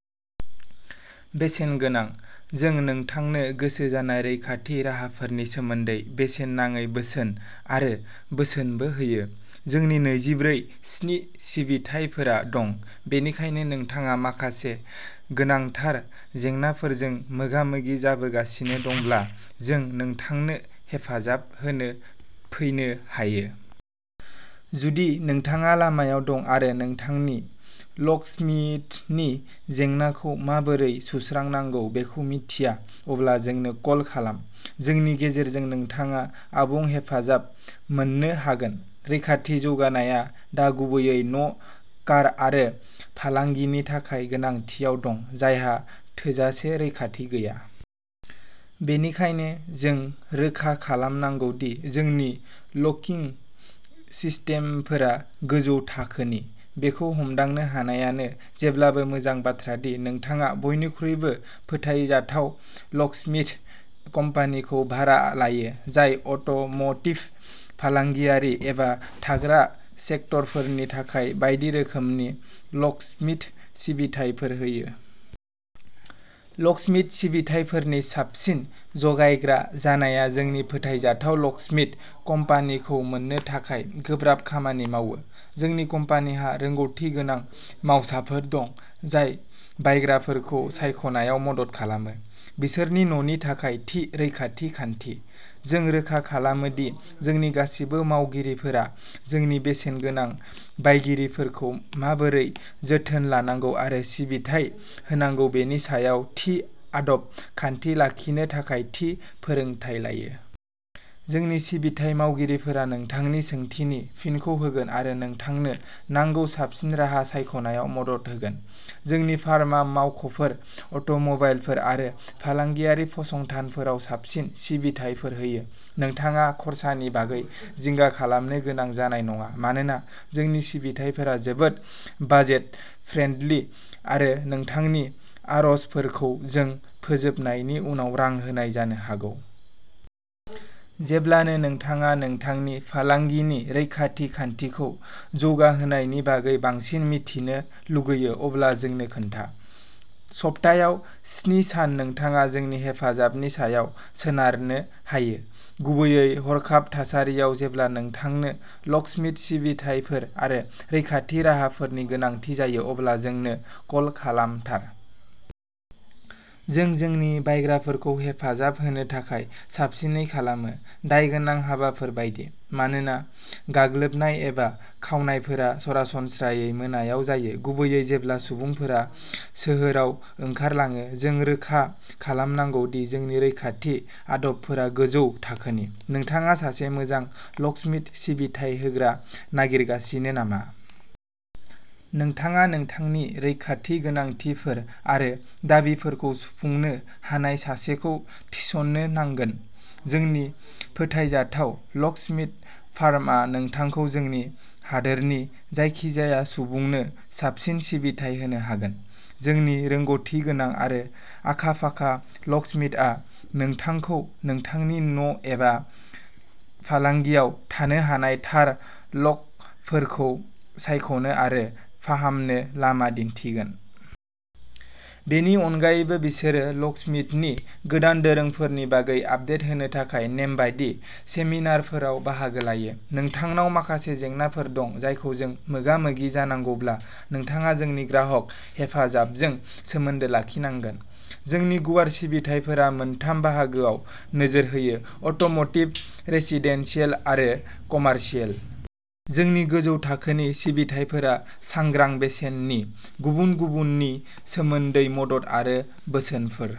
बेसेन गोनां। जों नोंथांनो गोसो जानाय रैखाथि राहाफोरनि सोमोन्दै बेसेन नाङै बोसोन आरो बोसोनबो होयो। जोंनि नैजिब्रै स्नि सिबिथाइफोरा दं, बेनिखायनो नोंथाङा माखासे गोनांथार जेंनाफोरजों मोगा-मोगि जाबोगासिनो दंब्ला, जों नोंथांनो हेफाजाब होनो फैनो हायो। जुदि नोंथाङा लामायाव दं आरो नोंथांनि लकस्मिथनि जेंनाखौ माबोरै सुस्रांनांगौ बेखौ मिथिया, अब्ला जोंनो कल खालाम। जोंनि गेजेरजों, नोंथाङा आबुं हेफाजाब मोन्नो हागोन। रैखाथि जौगानायआ दा गुबैयै न ', कार आरो फालांगिनि थाखाय गोनांथियाव दं, जायहा थोजासे रैखाथि गैया। बेनिखायनो, जों रोखा खालामनांगौ दि जोंनि लकिं सिस्टेमफोरा गोजौ थाखोनि। बेखौ हमदांनो हानायानो जेब्लाबो मोजां बाथ्रा दि नोंथाङा बयनिख्रुइबो फोथायजाथाव लकस्मिथ कम्पानिखौ भारा लायो, जाय अट'म'टिभ, फालांगियारि एबा थाग्रा सेक्टरफोरनि थाखाय बायदि रोखोमनि लकस्मिथ सिबिथाइफोर होयो। लकस्मिथ सिबिथाइफोरनि साबसिन जगायग्रा जानाया जोंनि फोथायजाथाव लकस्मिथ कम्पानिखौ मोन्नो थाखाय गोब्राब खामानि मावो। जोंनि कम्पानिहा रोंग'थि गोनां मावसाफोर दं, जाय बायग्राफोरखौ सायख'नायाव मदद खालामो। बिसोरनि न'नि थाखाय थि रैखाथि खान्थि। जों रोखा खालामो दि जोंनि गासिबो मावगिरिफोरा जोंनि बेसेनगोनां बायगिरिफोरखौ माबोरै जोथोन लानांगौ आरो सिबिथाइ होनांगौ बेनि सायाव थि आदब-खान्थि लाखिनो थाखाय थि फोरोंथाय लायो। जोंनि सिबिथाइ मावगिरिफोरा नोंथांनि सोंथिनि फिनखौ होगोन आरो नोंथांनो नांगौ साबसिन राहा सायख'नायाव मदद होगोन। जोंनि फार्मआ मावख'फोर, अट'मबाइलफोर आरो फालांगियारि फसंथानफोराव साबसिन सिबिथाइफोर होयो। नोंथाङा खरसानि बागै जिंगा खालामनो गोनां जानाय नङा मानोना जोंनि सिबिथाइफोरा जोबोद बाजेट-फ्रेन्डलि आरो नोंथांनि आर'जफोरखौ जों फोजोबनायनि उनाव रां होनाय जानो हागौ। जेब्लानो नोंथाङा नोंथांनि फालांगिनि रैखाथि खान्थिखौ जौगाहोनायनि बागै बांसिन मिथिनो लुगैयो, अब्ला जोंनो खोन्था। सप्तायाव स्नि सान, नोंथाङा जोंनि हेफाजाबनि सायाव सोनारनो हायो, गुबैयै हरखाब थासारियाव। जेब्ला नोंथांनो लकस्मिथ सिबिथाइफोर आरो रैखाथि राहाफोरनि गोनांथि जायो, अब्ला जोंनो कल खालामथार। जों जोंनि बायग्राफोरखौ हेफाजाब होनो थाखाय साबसिनै खालामो। दायगोनां हाबाफोर बायदि। मानोना गाग्लोबनाय एबा खावनायफोरा सरासनस्रायै मोनायाव जायो, गुबैयै जेब्ला सुबुंफोरा सोहोराव ओंखारलाङो। जों रोखा खालामनांगौ दि जोंनि रैखाथि आदबफोरा गोजौ थाखोनि। नोंथाङा सासे मोजां लकस्मिथ सिबिथाइ होग्रा नागिरगासिनो नामा? नोंथाङा नोंथांनि रैखाथि गोनांथिफोर आरो दाबिफोरखौ सुफुंनो हानाय सासेखौ थिसननो नांगोन। जोंनि फोथायजाथाव लकस्मिथ फार्मआ नोंथांखौ जोंनि हादोरनि जायखिजाया सुबुंनो साबसिन सिबिथाइ होनो हागोन। जोंनि रोंग'थिगोनां आरो आखा-फाखा लकस्मिथआ नोंथांखौ नोंथांनि न'एबा फालांगियाव थानो हानाय थार लकफोरखौ सायख'नो आरो फाहामनो लामा दिन्थिगोन। बेनि अनगायैबो, बिसोरो लकस्मिथनि गोदान दोरोंफोरनि बागै आपडेट होनो थाखाय नेमबादि सेमिनारफोराव बाहागो लायो। नोंथांनाव माखासे जेंनाफोर दं जायखौ जों मोगा-मोगि जानांगौब्ला, नोंथाङा जोंनि ग्राहक हेफाजाबजों सोमोन्दो लाखिनांगोन। जोंनि गुवार सिबिथाइफोरा मोनथाम बाहागोआव नोजोर होयोः अट'म'टिभ, रेसिदेन्सियेल आरो कमार्शियेल। जोंनि गोजौ थाखोनि सिबिथाइफोरा सांग्रां बेसेननि। गुबुन गुबुननि सोमोन्दै मदद आरो बोसोनफोर।